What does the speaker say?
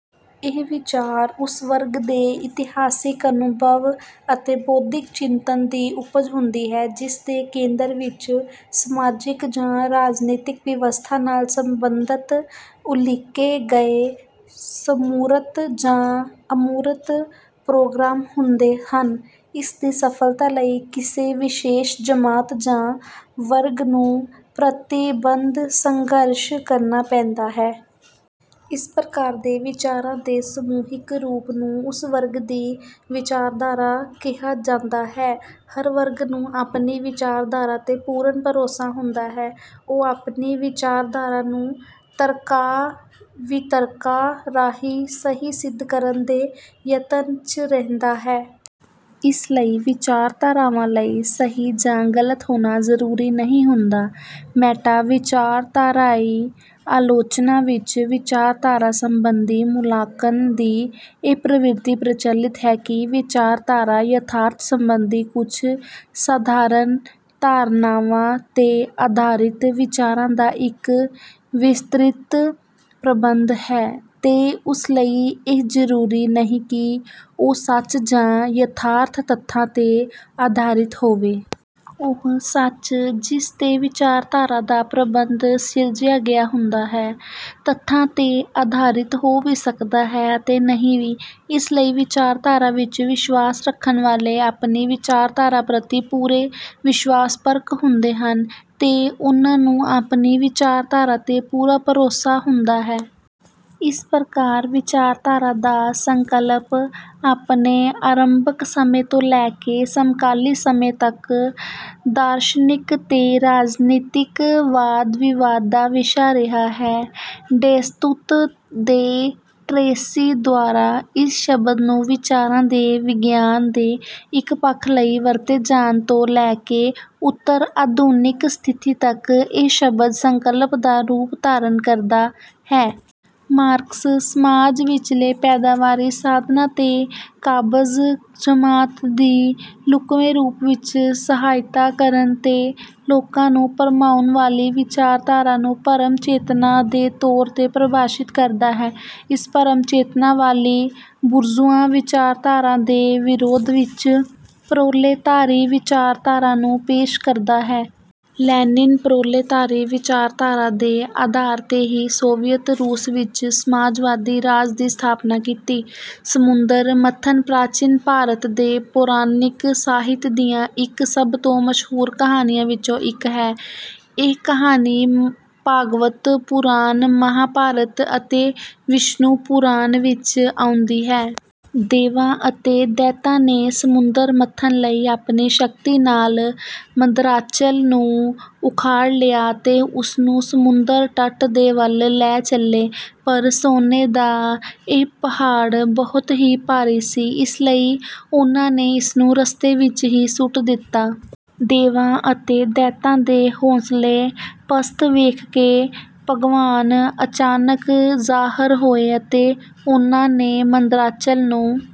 ਇਹ ਵਿਚਾਰ ਉਸ ਵਰਗ ਦੇ ਇਤਿਹਾਸਿਕ ਅਨੁਭਵ ਅਤੇ ਬੌਧਿਕ ਚਿੰਤਨ ਦੀ ਉਪਜ ਹੁੰਦੇ ਹਨ, ਜਿਸ ਦੇ ਕੇਂਦਰ ਵਿੱਚ ਸਮਾਜਿਕ ਜਾਂ ਰਾਜਨੀਤਿਕ ਵਿਵਸਥਾ ਨਾਲ ਸੰਬੰਧਤ ਉਲੀਕੇ ਗਏ ਸਮੂਰਤ ਜਾਂ ਅਮੂਰਤ ਪ੍ਰੋਗਰਾਮ ਹੁੰਦੇ ਹਨ। ਇਸ ਦੀ ਸਫਲਤਾ ਲਈ ਕਿਸੇ ਵਿਸ਼ੇਸ਼ ਜਮਾਤ ਜਾਂ ਵਰਗ ਨੂੰ ਪ੍ਰਤੀਬੱਧ ਸੰਘਰਸ਼ ਕਰਨਾ ਪੈਂਦਾ ਹੈ। ਇਸ ਪ੍ਰਕਾਰ ਦੇ ਵਿਚਾਰਾਂ ਦੇ ਸਮੂਹਿਕ ਰੂਪ ਨੂੰ ਉਸ ਵਰਗ ਦੀ ਵਿਚਾਰਧਾਰਾ ਕਿਹਾ ਜਾਂਦਾ ਹੈ। ਹਰ ਵਰਗ ਨੂੰ ਆਪਣੀ ਵਿਚਾਰਧਾਰਾ 'ਤੇ ਪੂਰਨ ਭਰੋਸਾ ਹੁੰਦਾ ਹੈ। ਉਹ ਆਪਣੀ ਵਿਚਾਰਧਾਰਾ ਨੂੰ ਤਰਕਾਂ-ਵਿਤਰਕਾਂ ਰਾਹੀਂ ਸਹੀ ਸਿੱਧ ਕਰਨ ਦੇ ਯਤਨ 'ਚ ਰਹਿੰਦਾ ਹੈ। ਇਸ ਲਈ ਵਿਚਾਰਧਾਰਾਵਾਂ ਲਈ ਸਹੀ ਜਾਂ ਗ਼ਲਤ ਹੋਣਾ ਜ਼ਰੂਰੀ ਨਹੀਂ ਹੁੰਦਾ। ਮੈਟਾ-ਵਿਚਾਰਧਾਰਾਈ ਆਲੋਚਨਾ ਵਿੱਚ ਵਿਚਾਰਧਾਰਾ ਸੰਬੰਧੀ ਮੁਲਾਂਕਣ ਦੀ ਇਹ ਪ੍ਰਵਿਰਤੀ ਪ੍ਰਚਲਿਤ ਹੈ ਕਿ 'ਵਿਚਾਰਧਾਰਾ ਯਥਾਰਥ ਸੰਬੰਧੀ ਕੁੱਝ ਸਾਧਾਰਨ ਧਾਰਨਾਵਾਂ 'ਤੇ ਆਧਾਰਿਤ ਵਿਚਾਰਾਂ ਦਾ ਇੱਕ ਵਿਸਤ੍ਰਿਤ ਪ੍ਰਬੰਧ ਹੈ, ਤੇ ਉਸ ਲਈ ਇਹ ਜ਼ਰੂਰੀ ਨਹੀਂ ਕਿ ਉਹ ਸੱਚ ਜਾਂ ਯਥਾਰਥਕ ਤੱਥਾਂ 'ਤੇ ਆਧਾਰਿਤ ਹੋਵੇ। ਉਹ ਸੱਚ ਜਿਸ 'ਤੇ ਵਿਚਾਰਧਾਰਾ ਦਾ ਪ੍ਰਬੰਧ ਸਿਰਜਿਆ ਗਿਆ ਹੁੰਦਾ ਹੈ, ਤੱਥਾਂ 'ਤੇ ਆਧਾਰਿਤ ਹੋ ਵੀ ਸਕਦਾ ਹੈ ਅਤੇ ਨਹੀਂ ਵੀ।' ਇਸ ਲਈ ਵਿਚਾਰਧਾਰਾ ਵਿੱਚ ਵਿਸ਼ਵਾਸ ਰੱਖਣ ਵਾਲੇ ਆਪਣੀ ਵਿਚਾਰਧਾਰਾ ਪ੍ਰਤੀ ਪੂਰੇ ਵਿਸ਼ਵਾਸਪਰਕ ਹੁੰਦੇ ਹਨ, ਤੇ ਉਨ੍ਹਾਂ ਨੂੰ ਆਪਣੀ ਵਿਚਾਰਧਾਰਾ 'ਤੇ ਪੂਰਾ ਭਰੋਸਾ ਹੁੰਦਾ ਹੈ। ਇਸ ਪ੍ਰਕਾਰ ਵਿਚਾਰਧਾਰਾ ਦਾ ਸੰਕਲਪ ਆਪਣੇ ਆਰੰਭਕ ਸਮੇਂ ਤੋਂ ਲੈ ਕੇ ਸਮਕਾਲੀ ਸਮੇਂ ਤੱਕ ਦਾਰਸ਼ਨਿਕ ਤੇ ਰਾਜਨੀਤਿਕ ਵਾਦ-ਵਿਵਾਦ ਦਾ ਵਿਸ਼ਾ ਰਿਹਾ ਹੈ। ਡੇਸਤੁਤ ਦੇ ਟਰੇਸੀ ਦੁਆਰਾ ਇਸ ਸ਼ਬਦ ਨੂੰ ਵਿਚਾਰਾਂ ਦੇ ਵਿਗਿਆਨ ਦੇ ਇੱਕ ਪੱਖ ਲਈ ਵਰਤੇ ਜਾਣ ਤੋਂ ਲੈ ਕੇ ਉੱਤਰ-ਆਧੁਨਿਕ ਸਥਿਤੀ ਤੱਕ ਇਹ ਸ਼ਬਦ ਸੰਕਲਪ ਦਾ ਰੂਪ ਧਾਰਨ ਕਰਦਾ ਹੈ। ਮਾਰਕਸ ਸਮਾਜ ਵਿਚਲੇ ਪੈਦਾਵਾਰੀ ਸਾਧਨਾਂ 'ਤੇ ਕਾਬਜ਼ ਜਮਾਤ ਦੀ ਲੁਕਵੇਂ ਰੂਪ ਵਿੱਚ ਸਹਾਇਤਾ ਕਰਨ ਤੇ ਲੋਕਾਂ ਨੂੰ ਭਰਮਾਉਣ ਵਾਲੀ ਵਿਚਾਰਧਾਰਾ ਨੂੰ ਭਰਮ-ਚੇਤਨਾ ਦੇ ਤੌਰ 'ਤੇ ਪ੍ਰਭਾਸ਼ਿਤ ਕਰਦਾ ਹੈ। ਇਸ ਭਰਮ-ਚੇਤਨਾ ਵਾਲੀ ਬੁਰਜ਼ੂਆ ਵਿਚਾਰਧਾਰਾ ਦੇ ਵਿਰੋਧ ਵਿੱਚ ਪ੍ਰੋਲੇਤਾਰੀ ਵਿਚਾਰਧਾਰਾ ਨੂੰ ਪੇਸ਼ ਕਰਦਾ ਹੈ। ਲੈਨਿਨ ਪ੍ਰੋਲੇਤਾਰੀ ਵਿਚਾਰਧਾਰਾ ਦੇ ਆਧਾਰ 'ਤੇ ਹੀ ਸੋਵੀਅਤ ਰੂਸ ਵਿੱਚ ਸਮਾਜਵਾਦੀ ਰਾਜ ਦੀ ਸਥਾਪਨਾ ਕੀਤੀ। ਸਮੁੰਦਰ ਮੰਥਨ ਪ੍ਰਾਚੀਨ ਭਾਰਤ ਦੇ ਪੌਰਾਣਿਕ ਸਾਹਿਤ ਦੀਆਂ ਇੱਕ ਸਭ ਤੋਂ ਮਸ਼ਹੂਰ ਕਹਾਣੀਆਂ ਵਿੱਚੋਂ ਇੱਕ ਹੈ। ਇਹ ਕਹਾਣੀ ਭਾਗਵਤ ਪੁਰਾਣ, ਮਹਾਭਾਰਤ, ਅਤੇ ਵਿਸ਼ਨੂ ਪੁਰਾਣ ਵਿੱਚ ਆਉਂਦੀ ਹੈ। ਦੇਵਾਂ ਅਤੇ ਦੈਤਾਂ ਨੇ ਸਮੁੰਦਰ ਮੰਥਨ ਲਈ ਆਪਣੀ ਸ਼ਕਤੀ ਨਾਲ ਮੰਦਰਾਚਲ ਨੂੰ ਉਖਾੜ ਲਿਆ ਅਤੇ ਉਸਨੂੰ ਸਮੁੰਦਰ ਤਟ ਦੇ ਵੱਲ ਲੈ ਚਲੇ। ਪਰ ਸੋਨੇ ਦਾ ਇਹ ਪਹਾੜ ਬਹੁਤ ਹੀ ਭਾਰੀ ਸੀ, ਇਸ ਲਈ ਉਨ੍ਹਾਂ ਨੇ ਇਸਨੂੰ ਰਸਤੇ ਵਿੱਚ ਹੀ ਸੁੱਟ ਦਿੱਤਾ। ਦੇਵਾਂ ਅਤੇ ਦੈਤਾਂ ਦੇ ਹੌਸਲੇ ਪਸਤ ਵੇਖ ਕੇ ਭਗਵਾਨ ਅਚਾਨਕ ਜ਼ਾਹਰ ਹੋਏ ਅਤੇ ਉਨ੍ਹਾਂ ਨੇ ਮੰਦਰਾਚਲ ਨੂੰ